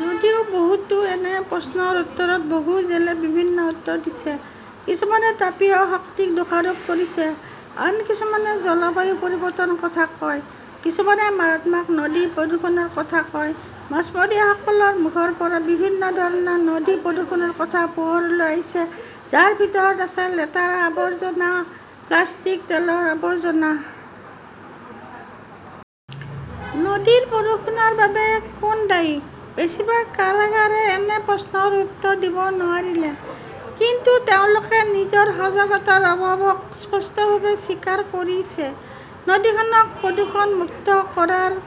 যদিও বহুতো এনে প্ৰশ্নৰ উত্তৰত বহু জেলে বিভিন্ন উত্তৰ দিছে। কিছুমানে তাপীয় শক্তিক দোষাৰোপ কৰিছে। আন কিছুমানে জলবায়ু পৰিৱৰ্তনৰ কথা কয়। কিছুমানে মাৰাত্মক নদী প্ৰদূষণৰ কথা কয়। মাছমৰীয়াসকলৰ মুখৰ পৰা বিভিন্ন ধৰণৰ নদী প্ৰদূষণৰ কথা পোহৰলৈ আহিছে যাৰ ভিতৰত আছে লেতেৰা আৱৰ্জনা প্লাষ্টিক তেলৰ আৱৰ্জনা। নদীৰ প্ৰদূষণৰ বাবে কোন দায়ী? বেছিভাগ কাৰাগাৰে এনে প্ৰশ্নৰ উত্তৰ দিব নোৱাৰিলে। কিন্তু তেওঁলোকে নিজৰ সজাগতাৰ অভাৱক স্পষ্টভাৱে স্বীকাৰ কৰিছে। নদীখনক প্ৰদূষণমুক্ত কৰাৰ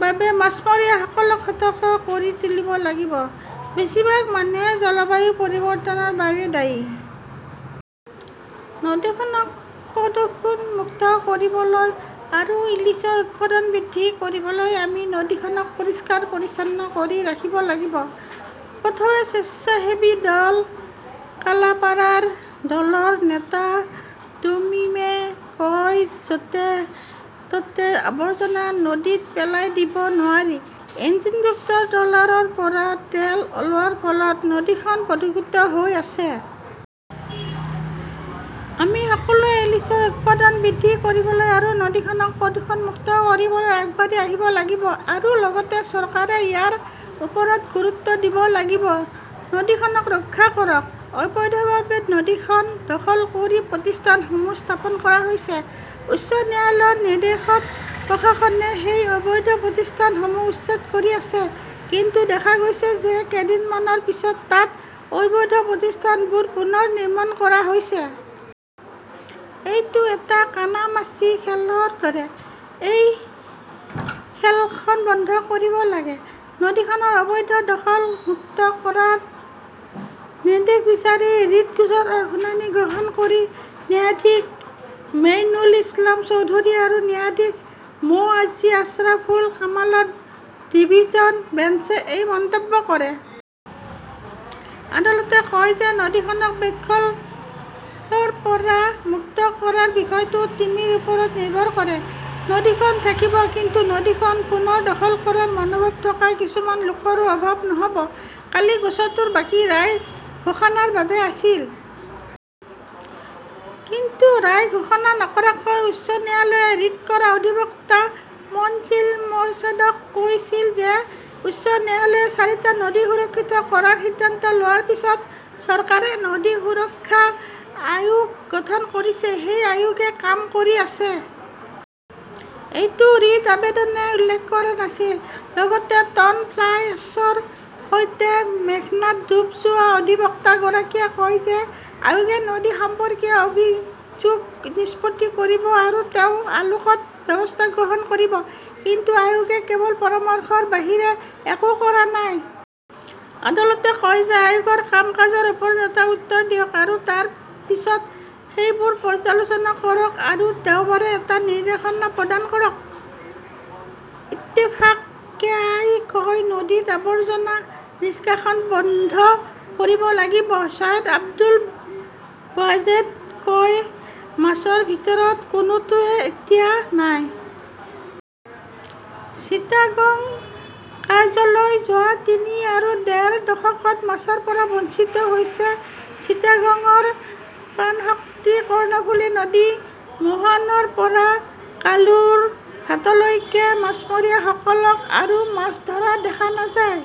বাবে মাছমৰীয়াসকলক সতৰ্ক কৰি তুলিব লাগিব। বেছিভাগ মানুহে জলবায়ু পৰিৱৰ্তনৰ বাবে দায়ী। নদীখনক প্ৰদূষণমুক্ত কৰিবলৈ আৰু ইলিছৰ উৎপাদন বৃদ্ধি কৰিবলৈ আমি নদীখনক পৰিষ্কাৰ পৰিচ্ছন্ন কৰি ৰাখিব লাগিব। পথৱে স্বেচ্ছাসেৱী দল কালাপাড়াৰ দলৰ নেতা তমিমে কয় য'তে ত'তে আৱৰ্জনা নদীত পেলাই দিব নোৱাৰি। ইঞ্জিনযুক্ত ট্ৰলাৰৰ পৰা তেল ওলোৱাৰ ফলত নদীখন প্ৰদূষিত হৈ পৰিছে। আমি সকলোৱে ইলিছৰ উৎপাদন বৃদ্ধি কৰিবলৈ আৰু নদীখনক প্ৰদূষণমুক্ত কৰিবলৈ আগবাঢ়ি আহিব লাগিব আৰু লগতে চৰকাৰে ইয়াৰ ওপৰত গুৰুত্ব দিব লাগিব। নদীখনক ৰক্ষা কৰক। অবৈধভাৱে নদীখন দখল কৰি প্ৰতিষ্ঠানসমূহ স্থাপন কৰা হৈছে। উচ্চ ন্যায়ালয়ৰ নিৰ্দেশত প্ৰশাসনে সেই অবৈধ প্ৰতিষ্ঠানসমূহ উচ্ছেদ কৰি আছে কিন্তু দেখা গৈছে যে কেইদিনমানৰ পিছত তাত অবৈধ প্ৰতিষ্ঠানবোৰ পুনৰ নিৰ্মাণ কৰা হৈছে। এইটো এটা কানামাচি খেলৰ দৰে। এই খেলখন বন্ধ কৰিব লাগে। নদীখনৰ অবৈধ দখল মুক্ত কৰাৰ নিৰ্দেশ বিচাৰি ৰিট গোচৰৰ শুনানি গ্ৰহণ কৰি ন্যায়াধীশ মেইনুল ইছলাম চৌধুৰী আৰু ন্যায়াধীশ মো আজি আশ্ৰাফুল কামালৰ ডিভিছন বেঞ্চে এই মন্তব্য কৰে। আদালতে কয় যে নদীখনক বেদখলৰ পৰা মুক্ত কৰাৰ বিষয়টো তিমিৰ ওপৰত নিৰ্ভৰ কৰে। নদীখন থাকিব কিন্তু নদীখন পুনৰ দখল কৰাৰ মনোভাৱ থকা কিছুমান লোকৰো অভাৱ নহ'ব। কালি গোচৰটোৰ বাকী ৰায় ঘোষণাৰ বাবে আছিল। কিন্তু ৰায় ঘোষণা নকৰাকৈ উচ্চ ন্যায়ালয়ে ৰিট কৰা অধিবক্তা মনজিল মোৰ্ছেদক কৈছিল যে উচ্চ ন্যায়ালয়ে চাৰিটা নদী সুৰক্ষিত কৰাৰ সিদ্ধান্ত লোৱাৰ পিছত চৰকাৰে নদী সুৰক্ষা আয়োগ গঠন কৰিছে। সেই আয়োগে কাম কৰি আছে। এইটো ৰিট আবেদনে উল্লেখ কৰা নাছিল। লগতে টন ফ্লাই এশ্বৰ সৈতে মেঘনাত ডুব যোৱা অধিবক্তাগৰাকীয়ে কয় যে আয়োগে নদী সম্পৰ্কীয় অভিযোগ নিষ্পত্তি কৰিব আৰু তেওঁ আলোকত ব্যৱস্থা গ্ৰহণ কৰিব। কিন্তু আয়োগে কেৱল পৰামৰ্শৰ বাহিৰে একো কৰা নাই। আদালতে কয় যে আয়োগৰ কাম কাজৰ ওপৰত এটা উত্তৰ দিয়ক আৰু তাৰ পিছত সেইবোৰ পৰ্যালোচনা কৰক আৰু দেওবাৰে এটা নিৰ্দেশনা প্ৰদান কৰক। ইত্তেফাক কেআই কয় নদীত আৱৰ্জনা নিষ্কাশন বন্ধ কৰিব লাগিব। চৈয়দ আব্দুল ৱাজেদ কয় মাছৰ ভিতৰত কোনোটোৱেই এতিয়া নাই। চিটাগং কাৰ্যালয় যোৱা তিনি আৰু ডেৰ দশকত মাছৰ পৰা বঞ্চিত হৈছে চিটাগংৰ প্ৰাণশক্তি কৰ্ণফুলি নদী। মোহনাৰ পৰা কালুৰঘাটলৈকে মাছমৰীয়াসকলক আৰু মাছ ধৰা দেখা নাযায়।